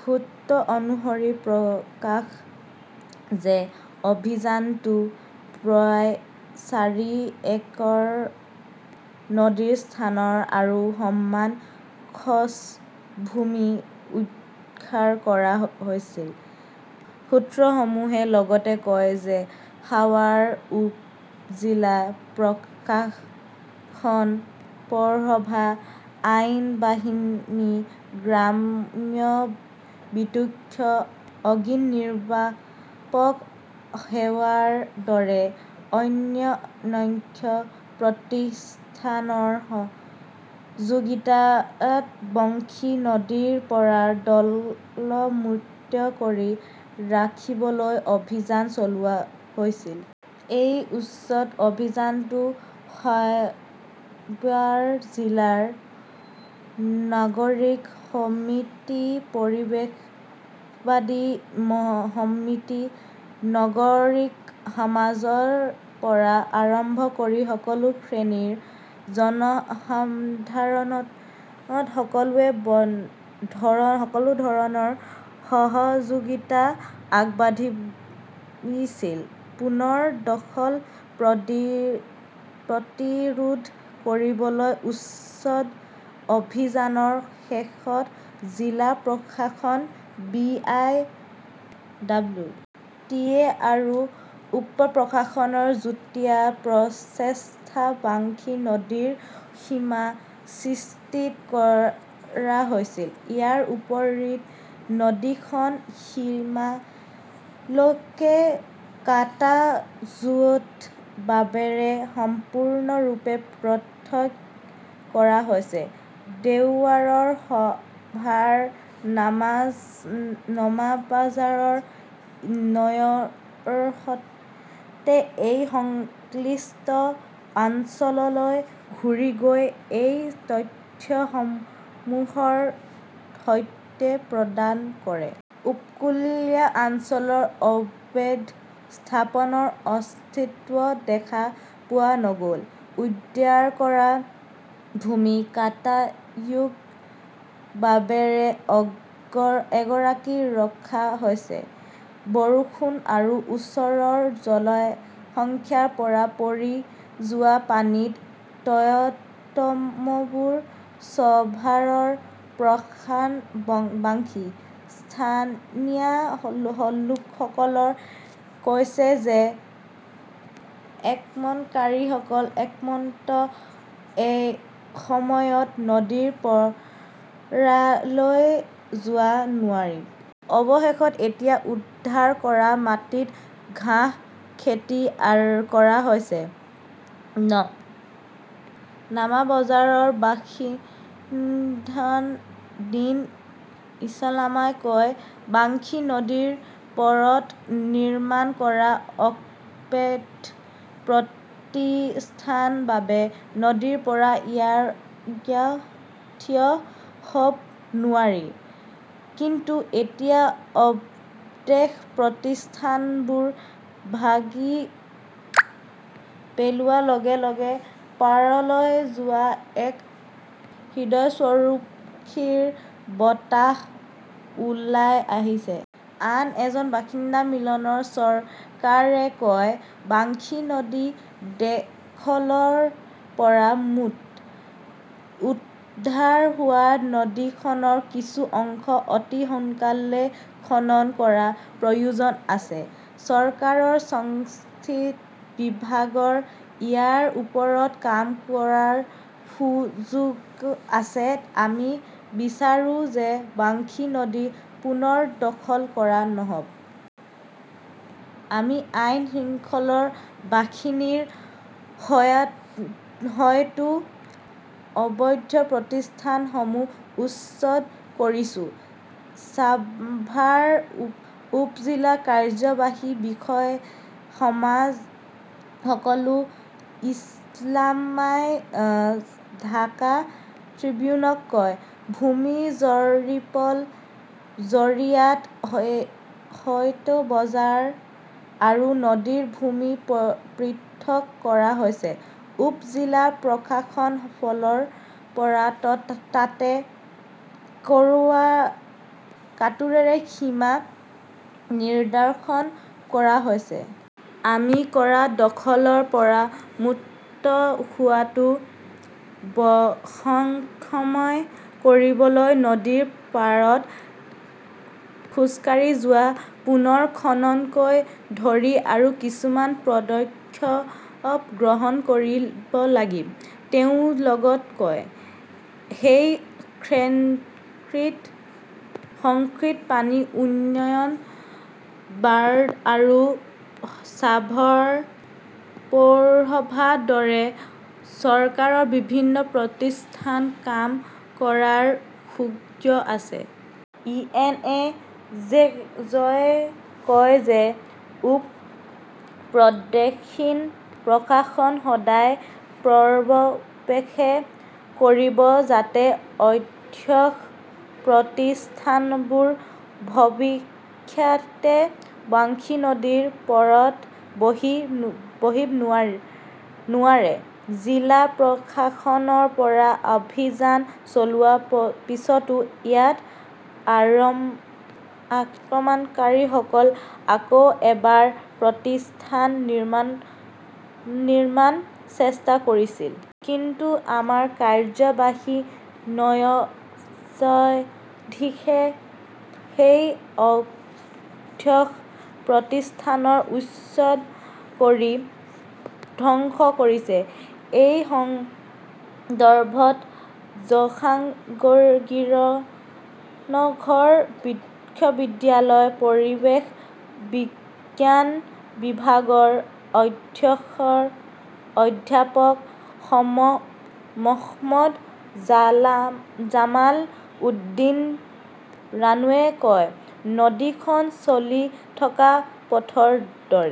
সুত্ৰ অনুসৰি প্ৰকাশ যে, অভিযানটোত প্ৰায় চাৰি একৰ নদীৰ স্থান আৰু সমান খছ ভূমি উদ্ধাৰ কৰা হৈছিল। সূত্ৰসমূহে লগতে কয় যে সাৱাৰ উপ-জিলা প্ৰশাসন, পৌৰসভা, আইন বাহিনী, গ্ৰাম্য বিদ্যুৎ, অগ্নিনিৰ্বাপক সেৱাৰ দৰে অন্যান্য প্ৰতিষ্ঠানৰ সহযোগিতাত বংশী নদীৰ পাৰক দখল-মুক্ত কৰি ৰাখিবলৈ অভিযান চলোৱা হৈছিল। এই উচ্ছেদ অভিযানত সাৱাৰ জিলাৰ নাগৰিক সমিতি পৰিৱেশবাদী সমিতি, নাগৰিক সমাজৰ পৰা আৰম্ভ কৰি সকলো শ্ৰেণীৰ জনসাধাৰণে সকলো ধৰণৰ সহযোগিতা আগবঢ়াইছিল। পুনৰ দখল প্ৰতিৰোধ কৰিবলৈ উচ্ছেদ অভিযানৰ শেষত জিলা প্ৰশাসন, B. I. W. T. A. আৰু উপ-প্ৰশাসনৰ যুটীয়া প্ৰচেষ্টাত বংশী নদীৰ সীমা চিহ্নিত কৰা হৈছিল। ইয়াৰ উপৰিও নদীখনৰ সীমালৈকে কাঁটাযুক্ত বেৰেৰে সম্পূৰ্ণৰূপে পৃথক কৰা হৈছে। দেওবাৰে সাভাৰৰ নামাবাজাৰ, নায়াৰহাট হৈ সংশ্লিষ্ট অঞ্চললৈ ঘূৰি গৈ এই তথ্যসমূহৰ সত্যতা প্ৰদান কৰে। উপকূলীয় অঞ্চলত অবৈধ স্থাপনাৰ অস্তিত্ব দেখা পোৱা নগ'ল। উদ্ধাৰ কৰা ভূমিক কাঁটাযুক্ত বেৰেৰে আগুৰি ৰখা হৈছে। বৰষুণ আৰু ওচৰৰ জলাশয়ৰ পৰা পৰি যোৱা পানীত টয়টমবুৰ চাভাৰৰ প্ৰাণ বংশী। স্থানীয় লোকসকলে কৈছিল যে আক্ৰমণকাৰীসকলৰ আক্ৰমণত এসময়ত নদীৰ পাৰলৈ যাব নোৱাৰি। অৱশ্যে, এতিয়া উদ্ধাৰ কৰা মাটিত ঘাঁহ খেতি কৰা হৈছে। নামাবাজাৰৰ বাসিন্দা দিন ইছলামই কয়, বংশী নদীৰ পাৰত নিৰ্মাণ কৰা অবৈধ প্ৰতিষ্ঠানৰ বাবে নদীৰ পাৰত থিয় হ'ব নোৱাৰি। কিন্তু এতিয়া অবৈধ প্ৰতিষ্ঠানবোৰ ভাঙি পেলোৱাৰ লগে লগে পাৰলৈ যোৱা এক হৃদয়স্পৰ্শী বতাহ ওলাই আহিছে। আন এজন বাসিন্দা মিলন চৰকাৰে কয়, বংশী নদী দখলৰ পৰা মুক্ত। উদ্ধাৰ হোৱা নদীখনৰ কিছু অংশ অতি সোনকালে খনন কৰাৰ প্ৰয়োজন আছে। চৰকাৰৰ সংশ্লিষ্ট বিভাগে ইয়াৰ ওপৰত কাম কৰাৰ সুযোগ আছে। আমি বিচাৰো যে বংশী নদী পুনৰ দখল কৰা নহ 'ব। আমি আইন-শৃংখলা বাহিনীৰ সহায়ত অবৈধ প্ৰতিষ্ঠানসমূহ উচ্ছেদ কৰিছো, ছাভাৰ উপ-জিলা কাৰ্যবাহী বিষয়া মাজহাৰুল ইছলামই ঢাকা ট্ৰিবিউনক কয়। ভূমি জৰীপৰ জৰিয়তে হাট-বজাৰ আৰু নদীৰ ভূমি পৃথক কৰা হৈছে। উপ-জিলা প্ৰশাসনৰ ফালৰ পৰা তাত কাঁটাৰেৰে সীমা নিৰ্ধাৰণ কৰা হৈছে। আমি কৰা দখলৰ পৰা মুক্ত হোৱাটো বহনক্ষম কৰিবলৈ নদীৰ পাৰত খোজকাঢ়ি যোৱা, পুনৰ খননকে ধৰি আৰু কিছুমান পদক্ষেপ গ্ৰহণ কৰিব লাগিব, তেওঁ লগতে কয়। সেই ক্ষেত্ৰত পানী উন্নয়ন ব'ৰ্ড আৰু ছাভাৰ পৌৰসভাৰ দৰে চৰকাৰৰ বিভিন্ন প্ৰতিষ্ঠানতো কাম কৰাৰ সুযোগ আছে। "ইউ. এন. অ". -য়ে কয় যে উপ-প্ৰাদেশিক প্ৰশাসনে সদায় পৰ্যবেক্ষণ কৰিব যাতে অবৈধ প্ৰতিষ্ঠানবোৰ ভৱিষ্যতে বংশী নদীৰ পাৰত বহিব নোৱাৰে। "জিলা প্ৰশাসনৰ পৰা অভিযান চলোৱাৰ পিছতো ইয়াত আক্ৰমণকাৰীসকলে আকৌ এবাৰ প্ৰতিষ্ঠান নিৰ্মাণৰ চেষ্টা কৰিছিল। কিন্তু আমাৰ কাৰ্যবাহী ন্যায়াধীশে সেই অবৈধ প্ৰতিষ্ঠানবোৰ উচ্ছেদ কৰি ধ্বংস কৰিছে। এই সন্দৰ্ভত জাহাংগীৰনগৰ বিশ্ববিদ্যালয়ৰ পৰিৱেশ বিজ্ঞান বিভাগৰ অধ্যক্ষ অধ্যাপক মহম্মদ জামাল উদ্দীন ৰানুৱে কয়, নদীখন চলি থকা পথৰ দৰে।